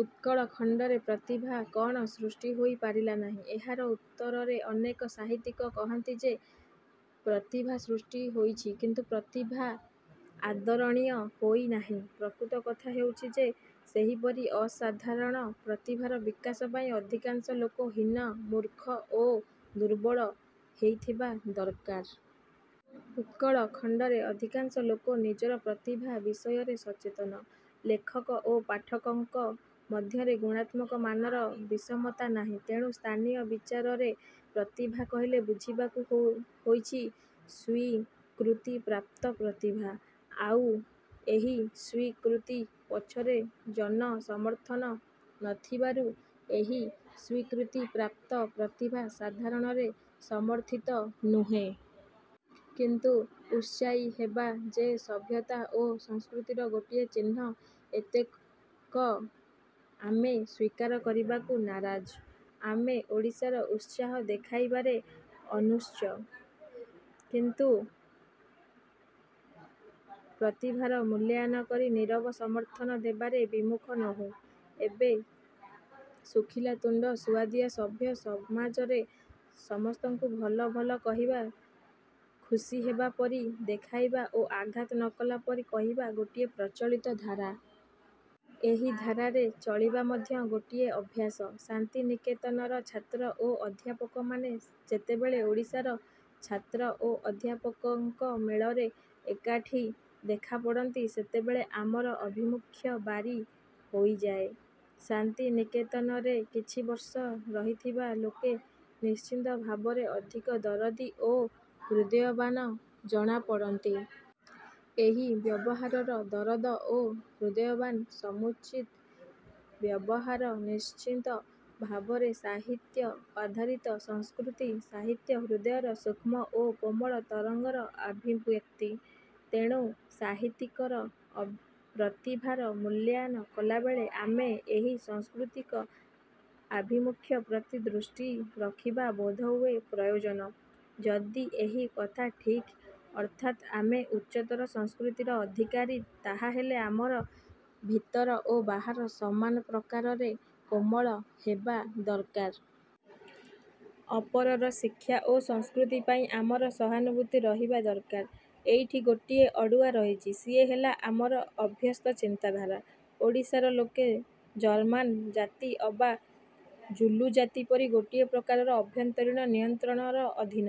ଉତ୍କଳ ଖଣ୍ତରେ ପ୍ରତିଭା କ'ଣ ସୃଷ୍ଟି ହୋଇ ପାରିଲା ନାହିଁ-? ଏହାର ଉତ୍ତରରେ ଅନେକ ସାହିତ୍ୟିକ କହନ୍ତି ଯେ ପ୍ରତିଭା ସୃଷ୍ଟି ହୋଇଛି କିନ୍ତୁ ପ୍ରତିଭା ଆଦରଣୀୟ ହୋଇ ନାହିଁ। ପ୍ରକୃତ କଥା ହେଉଛି ଯେ ସେହିପରି ଅସାଧାରଣ ପ୍ରତିଭାର ବିକାଶ ପାଇଁ ଅଧିକାଂଶ ଲୋକ ହୀନ, ମୂର୍ଖ ଓ ଦୁର୍ବଳ ହେଇଥିବା ଦରକାର। ଉତ୍କଳ ଖଣ୍ତରେ ଅଧିକାଂଶ ଲୋକ ନିଜର ପ୍ରତିଭା ବିଷୟରେ ସଚେତନ। ଲେଖକ ଓ ପାଠକଙ୍କ ମଧ୍ୟରେ ଗୁଣାତ୍ମକ ମାନର ବିଷମତା ନାହିଁ। ତେଣୁ ସ୍ଥାନୀୟ ବିଚାରରେ ପ୍ରତିଭା କହିଲେ ବୁଝିବାକୁ ହୋଇଛି ସ୍ୱୀକୃତିପ୍ରାପ୍ତ ପ୍ରତିଭା। ଆଉ ଏହି ସ୍ୱୀକୃତି ପଛରେ ଜନ ସମର୍ଥନ ନଥିବାରୁ ଏହି ସ୍ୱୀକୃତିପ୍ରାପ୍ତ ପ୍ରତିଭା ସାଧାରଣରେ ସମର୍ଥିତ ନୁହେଁ। କିନ୍ତୁ ଉତ୍ସାହୀ ହେବା ଯେ ସଭ୍ୟତା ଓ ସଂସ୍କୃତିର ଗୋଟିଏ ଚିହ୍ନ-ଏତକ ଆମେ ସ୍ୱୀକାର କରିବାକୁ ନାରାଜ। ଆମେ ଓଡ଼ିଶାରେ ଉତ୍ସାହ ଦେଖାଇବାରେ ଅନୁଷ୍ଣ କିନ୍ତୁ ପ୍ରତିଭାର ମୂଲ୍ୟାୟନ କରି ନିରବ ସମର୍ଥନ ଦେବାରେ ବିମୁଖ ନୋହୁଁ। ଏବେ ଶୁଖିଲା ତୁଣ୍ତ-ସୁଆଦିଆ ସଭ୍ୟ ସମାଜରେ ସମସ୍ତଙ୍କୁ ଭଲ-ଭଲ କହିବା, ଖୁସି ହେବା ପରି ଦେଖାଇବା ଓ ଆଘାତ ନ କଲା ପରି କହିବା ଗୋଟିଏ ପ୍ରଚଳିତ ଧାରା। ଏହି ଧାରାରେ ଚଳିବା ମଧ୍ୟ ଗୋଟିଏ ଅଭ୍ୟାସ। ଶାନ୍ତିନିକେତନର ଛାତ୍ର ଓ ଅଧ୍ୟାପକମାନେ ଯେତେବେଳେ ଓଡ଼ିଶାର ଛାତ୍ର ଓ ଅଧ୍ୟାପକଙ୍କ ମେଳରେ ଏକାଠି ଦେଖା ପଡ଼ନ୍ତି ସେତେବେଳେ ଆମର ଆଭିମୁଖ୍ୟ ବାରି ହୋଇଯାଏ-। ଶାନ୍ତିନିକେତନରେ କିଛି ବର୍ଷ ରହିଥିବା ଲୋକେ ନିଶ୍ଚିତ ଭାବରେ ଅଧିକ ଦରଦୀ ଓ ହୃଦୟବାନ ଜଣାପଡ଼ନ୍ତି। ଏହି ବ୍ୟବହାରର ଦରଦ ଓ ହୃଦୟବାନ୍-ସମୁଚିତ ବ୍ୟବହାର ନିଶ୍ଚିତ ଭାବରେ ସାହିତ୍ୟ-ଆଧାରିତ ସଂସ୍କୃତି। ସାହିତ୍ୟ ହୃଦୟର ସୂକ୍ଷ୍ମ ଓ କୋମଳ ତରଙ୍ଗର ଅଭିବ୍ୟକ୍ତି। ତେଣୁ ସାହିତ୍ୟିକର ପ୍ରତିଭାର ମୂଲ୍ୟାୟନ କଲାବେଳେ ଆମେ ଏହି ସାଂସ୍କୃତିକ ଆଭିମୁଖ୍ୟ ପ୍ରତି ଦୃଷ୍ଟି ରଖିବା ବୋଧହୁଏ ପ୍ରୟୋଜନ। ଯଦି ଏହି କଥା ଠିକ୍ ଅର୍ଥାତ୍ ଆମେ ଉଚ୍ଚତର ସଂସ୍କୃତିର ଅଧିକାରୀ ତାହାହେଲେ ଆମର ଭିତର ଓ ବାହାର ସମାନ ପ୍ରକାରରେ କୋମଳ ହେବା ଦରକାର। ଅପରର ଶିକ୍ଷା ଓ ସଂସ୍କୃତି ପାଇଁ ଆମର ସହାନୁଭୂତି ରହିବା ଦରକାର। ଏଇଠି ଗୋଟିଏ ଅଡ଼ୁଆ ରହିଛି-ସିଏ ହେଲା ଆମର ଅଭ୍ୟସ୍ତ ଚିନ୍ତାଧାରା। ଓଡ଼ିଶାର ଲୋକେ ଜର୍ମାନ ଜାତି ଅବା ଜୁଲୁ ଜାତି ପରି ଗୋଟାଏ ପ୍ରକାରର ଆଭ୍ୟନ୍ତରୀଣ ନିୟନ୍ତ୍ରଣର ଅଧୀନ।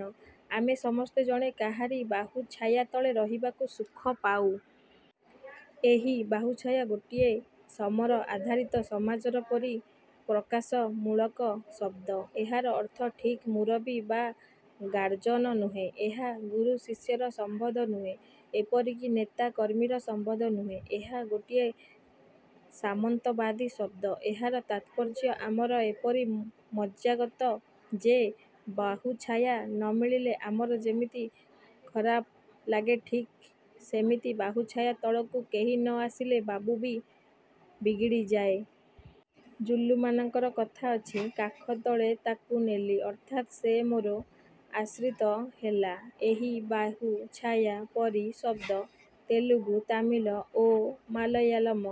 ଆମେ ସମସ୍ତେ ଜଣେ କାହାରି ବାହୁଛାୟା ତଳେ ରହିବାକୁ ସୁଖ ପାଉ। ଏହି ବାହୁଛାୟା ଗୋଟିଏ ସମର-ଆଧାରିତ ସମାଜର ପରି ପ୍ରକାଶମୂଳକ ଶଦ୍ଦ। ଏହାର ଅର୍ଥ ଠିକ୍ ମୂରବି ବା ଗାର୍ଜନ ନୁହେଁ। ଏହା ଗୁରୁ-ଶିଷ୍ୟର ସମ୍ୱନ୍ଧ ନୁହେଁ। ଏପରିକି ନେତା-କର୍ମୀର ସମ୍ୱନ୍ଧ ନୁହେଁ। ଏହା ଗୋଟିଏ ସାମନ୍ତବାଦୀ ଶଦ୍ଦ। ଏହାର ତାତ୍ପର୍ଯ୍ୟ ଆମର ଏପରି ମଜ୍ଜାଗତ ଯେ ବାହୁଛାୟା ନ ମିଳିଲେ ଆମକୁ ଯେମିତି ଖରାପ ଲାଗେ ଠିକ୍ ସେମିତି ବାହୁଛାୟା ତଳକୁ କେହି ନ ଆସିଲେ ବାବୁ ବି ବିଗିଡ଼ିଯାଏ। ଜୁଲୁମାନଙ୍କର କଥା ଅଛି-କାଖତଳେ ତା'କୁ ନେଲି। ଅର୍ଥାତ୍ ସେ ମୋର ଆଶ୍ରିତ ହେଲା। ଏହି ବାହୁଛାୟା ପରି ଶଦ୍ଦ ତେଲୁଗୁ, ତାମିଲ ଓ ମାଲୟାଲମ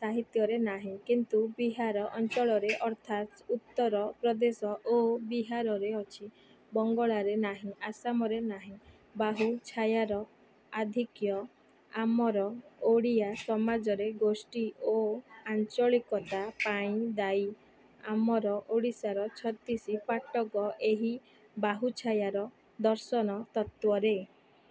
ସାହିତ୍ୟରେ ନାହିଁ। କିନ୍ତୁ ବିହାର ଅଞ୍ଚଳରେ ଅର୍ଥାତ୍ ଉତ୍ତର ପ୍ରଦେଶ ଓ ବିହାରରେ ଅଛି। ବଙ୍ଗଳାରେ ନାହିଁ-ଆସାମରେ ନାହିଁ। ବାହୁଛାୟାର ଆଧିକ୍ୟ ଆମର ଓଡ଼ିଆ ସମାଜରେ ଗୋଷ୍ଠୀ ଓ ଆଞ୍ଚଳିକତା ପାଇଁ ଦାୟୀ-। ଆମର ଓଡ଼ିଶାର ଛତିଶି ପାଟକ ଏହି ବାହୁଛାୟାର ଦର୍ଶନ ତତ୍ତ୍ୱରେ